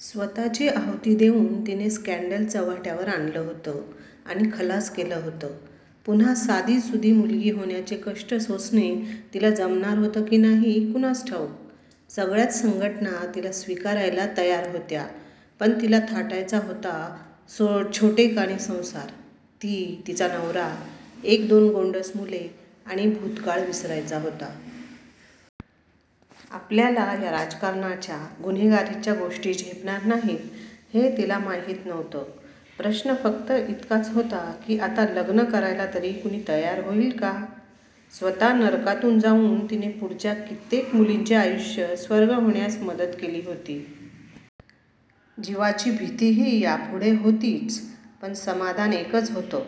स्वत:ची आहुती देऊन तिने स्कॆंडल चव्हाट्यावर आणलं होतं. आणि खलास केलं होतं. पुन्हा साधीसुधी मुलगी होण्याचे कष्ट सोसणे तिला जमणार होतं. की नाही कुणास ठाऊक? सगळ्याच संघटना तिला स्वीकारायला तयार होत्या. पण तिला थाटायच होता छोटेखानी संसार, ती, तिचा नवरा, एक दोन गोंडस मुले, आणि भूतकाळ विसरायचा होता. आपल्याला या राजकारणाच्या, गुन्हेगारीच्या गोष्टी झेपणार नाहीत हे तिला माहीत नव्हतं. प्रश्न फ़क्त इतकाच होता की आता लग्न करायला तरी कुणी तयार होईल का??? स्वत: नरकातून जाऊन तिने पुढच्या कित्येक मुलींचे आयुष्य स्वर्ग होण्यास मदत केली होती. जीवाची भीतीही यापुढे होतीच! पण समाधान एकच होतं.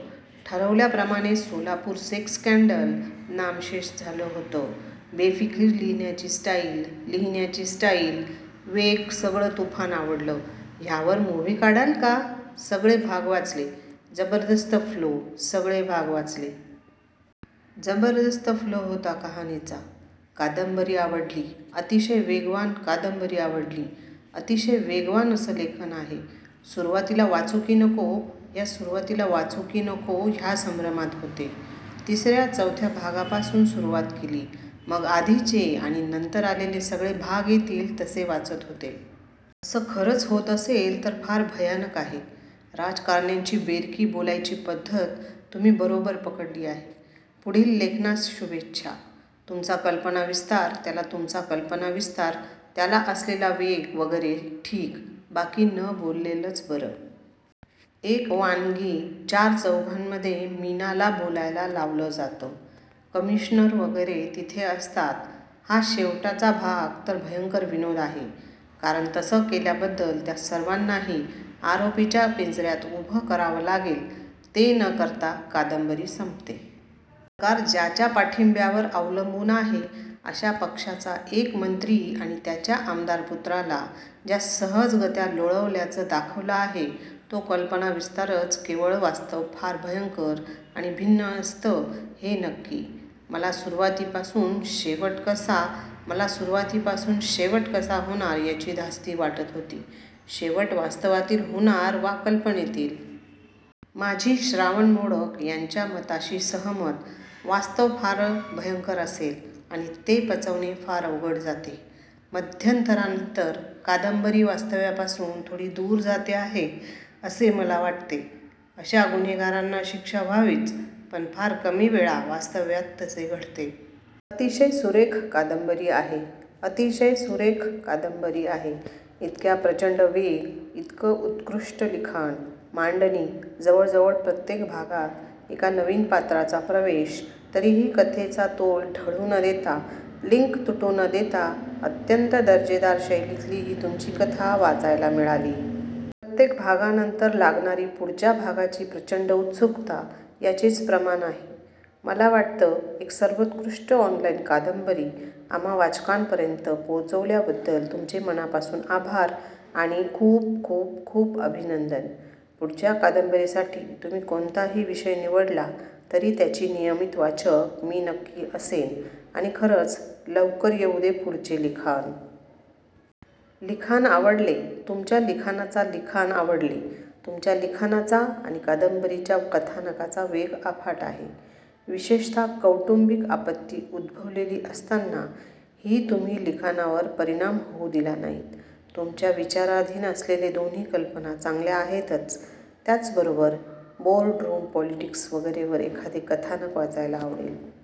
ठरवल्याप्रमाणे सोलापूर सेक्स स्कॆंडल नामशेष झालं होतं! बेफिकीर, लिहिण्याची स्टाईल, लिहिण्याची स्टाईल, वेग सगळ तुफान आवडल. ह्यावर मुव्ही काढाल का?. सगळे भाग वाचले. जबरदस्त फ्लो सगळे भाग वाचले. जबरदस्त फ्लो होता कहाणीचा, कादंबरी आवडली. अतिशय वेगवान कादंबरी आवडली. अतिशय वेगवान असं लेखन आहे. सुरुवातीला वाचु की नको ह्या सुरुवातीला वाचु की नको ह्या संभ्रमात होते. तिसर्या-चौथ्या भागापासून सुरुवात केली. मग आधीचे आणि नंतर आलेले सगळे भाग येतील तसे वाचत होते. असं खरच होत असेल तर फार भयानक आहे. राजकारण्यांची बेरकी बोलायची पद्धत तुम्ही बरोबर पकडली आहे. पुढील लेखनास शुभेच्छा. तुमचा कल्पनाविस्तार, त्याला तुमचा कल्पनाविस्तार, त्याला असलेला वेग वगैरे ठीक. बाकी न बोललेलंच बरं! एक वानगी चार-चौघांमध्ये मीनाला बोलायला लावलं जातं, कमिशनर वगैरे तिथं असतात हा शेवटाचा भाग तर भयंकर विनोद आहे. कारण, तसं केल्याबद्दल त्या सर्वांनाही आरोपीच्या पिंजऱ्यात उभं करावं लागेल. ते न करता कादंबरी संपते. सरकार ज्याच्या पाठिंब्यावर अवलंबून आहे अशा पक्षाचा एक मंत्री आणि त्याच्या आमदार-पुत्राला ज्या सहजगत्या लोळवल्याचं दाखवलं आहे. तो कल्पनाविस्तारच केवळ. वास्तव फार भयंकर आणि भिन्न असतं हे नक्की. मला सुरवाती पासुन शेवट कसा मला सुरवाती पासुन शेवट कसा होणार याची धास्ती वाटत होती, शेवट वास्तवातील होणार वा कल्पनेतील. माझी श्रावण मोडक यांच्या मताशी सहमत. वास्तव फार भयंकर असेल आणि ते पचवणे फार अवघड जाते. मध्यंतरा नंतर कादंबरी वास्तव्या पासुन थोडी दुर जाते आहे. असे मला वाटते. अशा गुन्हेगारांना शिक्षा व्हावीच, पण फार कमी वेळा वास्तव्यात तसे घडते. अतिशय सुरेख कादंबरी आहे. अतिशय सुरेख कादंबरी आहे. इतक्या प्रचंड वेग, इतकं उत्कृष्ट लिखाण, मांडणी, जवळजवळ प्रत्येक भागात एका नवीन पात्राचा प्रवेश, तरीही कथेचा तोल ढळु न देता लिंक तुटू न देता अत्यंत दर्जेदार शैलीतली ही तुमची कथा वाचायला मिळाली. प्रत्येक भागानंतर लागणारी पुढच्या भागाची प्रचंड उत्सुकता याचेच प्रमाण आहे मला वाटतं. एक सर्वोत्कृष्ट ऑनलाईन कादंबरी आम्हा वाचकांपर्यंत पोचवल्याबद्दल तुमचे मनापासुन आभार आणि खुप खुप खुप अभिनंदन!!!! पुढच्या कादंबरीसाठी तुम्ही कोणताही विषय निवडला तरी त्याची नियमीत वाचक मी नक्की असेन आणि खरंच लवकर येऊदे पुढचे लिखाण. लिखाण आवडले. तुमच्या लिखाणाचा लिखाण आवडले. तुमच्या लिखाणाचा आणि कादंबरीच्या कथानकाचा वेग अफाट आहे. विशेषत: कौटुंबिक आपत्ती उद्भवलेली असताना ही तुम्ही लिखाणावर परिणाम होउ दिला नाहीत. तुमच्या विचाराधीन असलेले दोन्ही कल्पना चांगल्या आहेतच त्याच बरोबर बोर्ड रुम पॉलिटिक्स वगैरे वर एखादे कथानक वाचायला आवडेल.